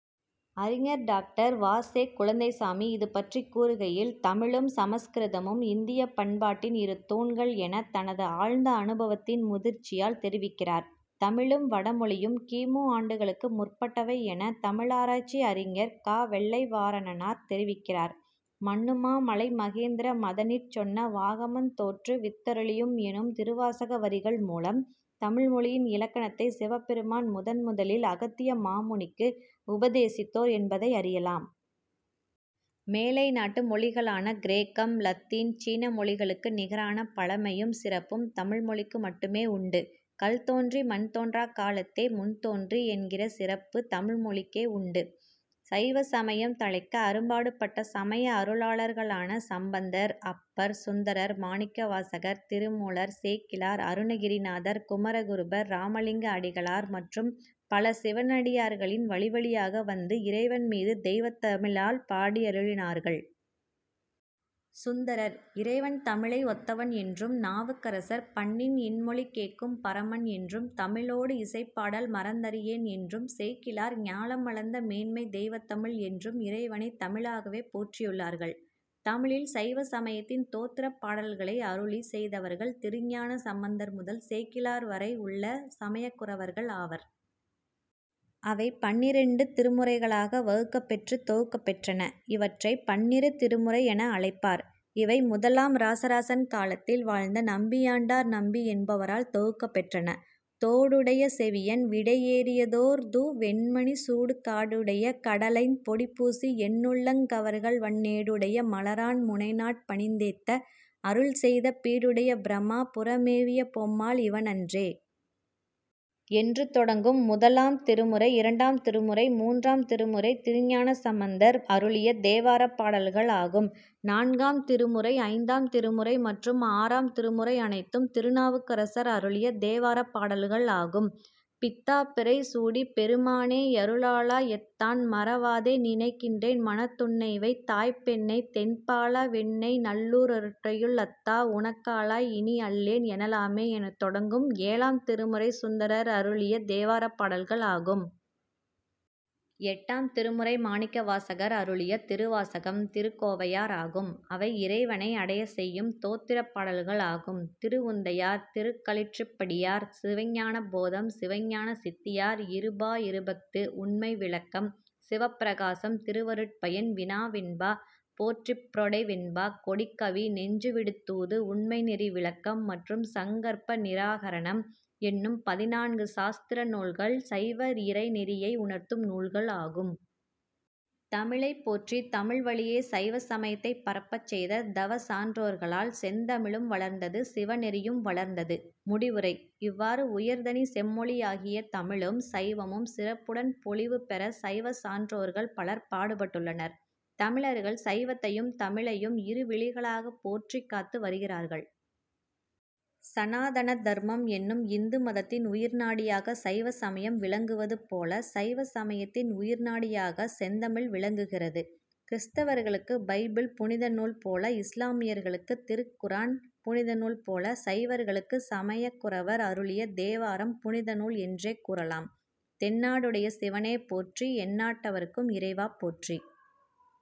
அறிஞர் டாக்டர் வா. செ. குழந்தைசாமி இதுபற்றிக் கூறுகையில், "தமிழும் சமற்கிருதமும் இந்திய பண்பாட்டின் இரு தூண்கள்' எனத் தனது ஆழ்ந்த அனுபவத்தின் முதிர்ச்சியால் தெரிவிக்கிறார். தமிழும், வடமொழியும் கி. மு. ஆண்டுகளுக்கு முற்பட்டவை எனத் தமிழாராய்ச்சி அறிஞர் க. வெள்ளைவாரணனார் தெரிவிக்கிறார். "மன்னுமா மலை மகேந்திர மதனிற்சொன்ன வாகமந் தோற்று வித்தருளியும்'எனும் திருவாசக வரிகள் மூலம் தமிழ்மொழியின் இலக்கணத்தைச் சிவபெருமான் முதன்முதலில் அகத்திய மாமுனிக்கு உபதேசித்தோர் என்பதை அறியலாம். மேலைநாட்டு மொழிகளான கிரேக்கம், இலத்தீன், சீன மொழிகளுக்கு நிகரான பழமையும், சிறப்பும் தமிழ்மொழிக்கு மட்டுமே உண்டு. "கல்தோன்றி மண்தோன்றாக் காலத்தே முன்தோன்றி' என்கிற சிறப்பு தமிழ்மொழிக்கே உண்டு. சைவ சமயம் தழைக்க அரும்பாடுபட்ட சமய அருளாளர்களான சம்பந்தர், அப்பர், சுந்தரர், மாணிக்க வாசகர், திருமூலர், சேக்கிழார், அருணகிரிநாதர், குமரகுருபரர், இராமலிங்க அடிகளார் மற்றும் பல சிவனடியார்களின் வழிவழியாக வந்து இறைவன் மீது தெய்வத் தமிழால் பாடியருளினார்கள். சுந்தரர், "இறைவன் தமிழை ஒத்தவன்' என்றும், நாவுக்கரசர், "பண்ணின் இன்மொழி கேட்கும் பரமன்' என்றும், "தமிழோடு இசைபாடல் மறந்தறியேன்' என்றும், சேக்கிழார் "ஞாலமளந்த மேன்மைத் தெய்வத்தமிழ்' என்றும் இறைவனைத் தமிழாகவே போற்றியுள்ளார்கள். தமிழில் சைவ சமயத்தின் தோத்திரப் பாடல்களை அருளிச் செய்தவர்கள் திருஞான சம்பந்தர் முதல் சேக்கிழார் வரை உள்ள சமயக்குரவர்கள் ஆவர். அவை பன்னிரண்டு திருமுறைகளாக வகுக்கப் பெற்று தொகுக்கப் பெற்றன. இவற்றை "பன்னிரு திருமுறை' என அழைப்பார். இவை முதலாம் இராசராசன் காலத்தில் வாழ்ந்த நம்பியாண்டார் நம்பி என்பவரால் தொகுக்கப் பெற்றன. "தோடுடைய செவியன் விடையேறியோர்தூ வெண்மதிசூடிக்காடுடைய கடலைந் பொடிபூசி என்னுள்ளங் கவர்கள்வன்ஏடுடைய மலரான் முனைநாட் பணிந்தேத்த அருள்செய்தபீடுடைய பிரமா புரமேவிய பொம்மாள் இவனன்றே! என்று தொடங்கும் முதலாம் திருமுறை, இரண்டாம் திருமுறை, மூன்றாம் திருமுறை, திருஞான சம்பந்தர் அருளிய தேவாரப் பாடல்கள் ஆகும். நான்காம் திருமுறை, ஐந்தாம் திருமுறை மற்றும் ஆறாம் திருமுறை அனைத்தும் திருநாவுக்கரசர் அருளிய தேவார பாடல்கள் ஆகும். "பித்தாபிறை சூடிபெரு மானேயரு ளாளாஎத்தான்மற வாதேநினைக் கின்றேன்மனத்துன்னைவைத்தாய் பெண்ணைத் தென்பால்வெண்ணெய்நல்லூ ரருட்டுறையுள்அத்தா உனக் காளாய்இனி அல்லேன் எனலாமே'என்று தொடங்கும் ஏழாம் திருமுறை சுந்தரர் அருளிய தேவாரப் பாடல்கள் ஆகும். எட்டாம் திருமுறை மாணிக்கவாசகர் அருளிய திருவாசகம், திருகோவையார் ஆகும். அவை இறைவனை அடையச் செய்யும் தோத்திரப் பாடல்கள் ஆகும். திருவுந்தியார், திருக்களிற்றுப்படியார், சிவஞான போதம், சிவஞான சித்தியார், இருபா இருபஃது, உண்மை விளக்கம், சிவப்பிரகாசம், திருவருட்பயன், வினாவெண்பா, போற்றிப்பஃறொடை வெண்பா, கொடிக்கவி, நெஞ்சு விடு தூது, உண்மை நெறி விளக்கம் மற்றும் சங்கற்ப நிராகரணம் என்னும் பதினான்கு சாத்திர நூல்கள் சைவ இறை நெறியை உணர்த்தும் நூல்கள் ஆகும். தமிழைப் போற்றி, தமிழ் வழியே சைவ சமயத்தைப் பரப்பச் செய்த தவச் சான்றோர்களால் செந்தமிழும் வளர்ந்தது; சிவநெறியும் வளர்ந்தது. முடிவுரை:இவ்வாறு உயர்தனிச் செம்மொழியாகிய தமிழும், சைவமும் சிறப்புடன் பொலிவு பெற சைவச் சான்றோர்கள் பலர் பாடுபட்டுள்ளனர். தமிழர்கள் சைவத்தையும், தமிழையும் இரு விழிகளாய்ப் போற்றிக் காத்து வருகிறார்கள். சனாதன தர்மம் எனும் இந்து மதத்தின் உயிர்நாடியாகச் சைவசமயம் விளங்குவது போலச் சைவசமயத்தின் உயிர்நாடியாகச் செந்தமிழ் விளங்குகிறது. கிறித்தவர்களுக்கு பைபிள் புனித நூல் போல, இசுலாமியர்களுக்குத் திருக்குர் ஆன் புனிதநூல் போல, சைவர்களுக்குச் சமயக்குரவர் அருளிய தேவாரம் புனித நூல் என்றே கூறலாம். "தென்னாடுடைய சிவனே போற்றி; எந்நாட்டவர்க்கும் இறைவா போற்றி!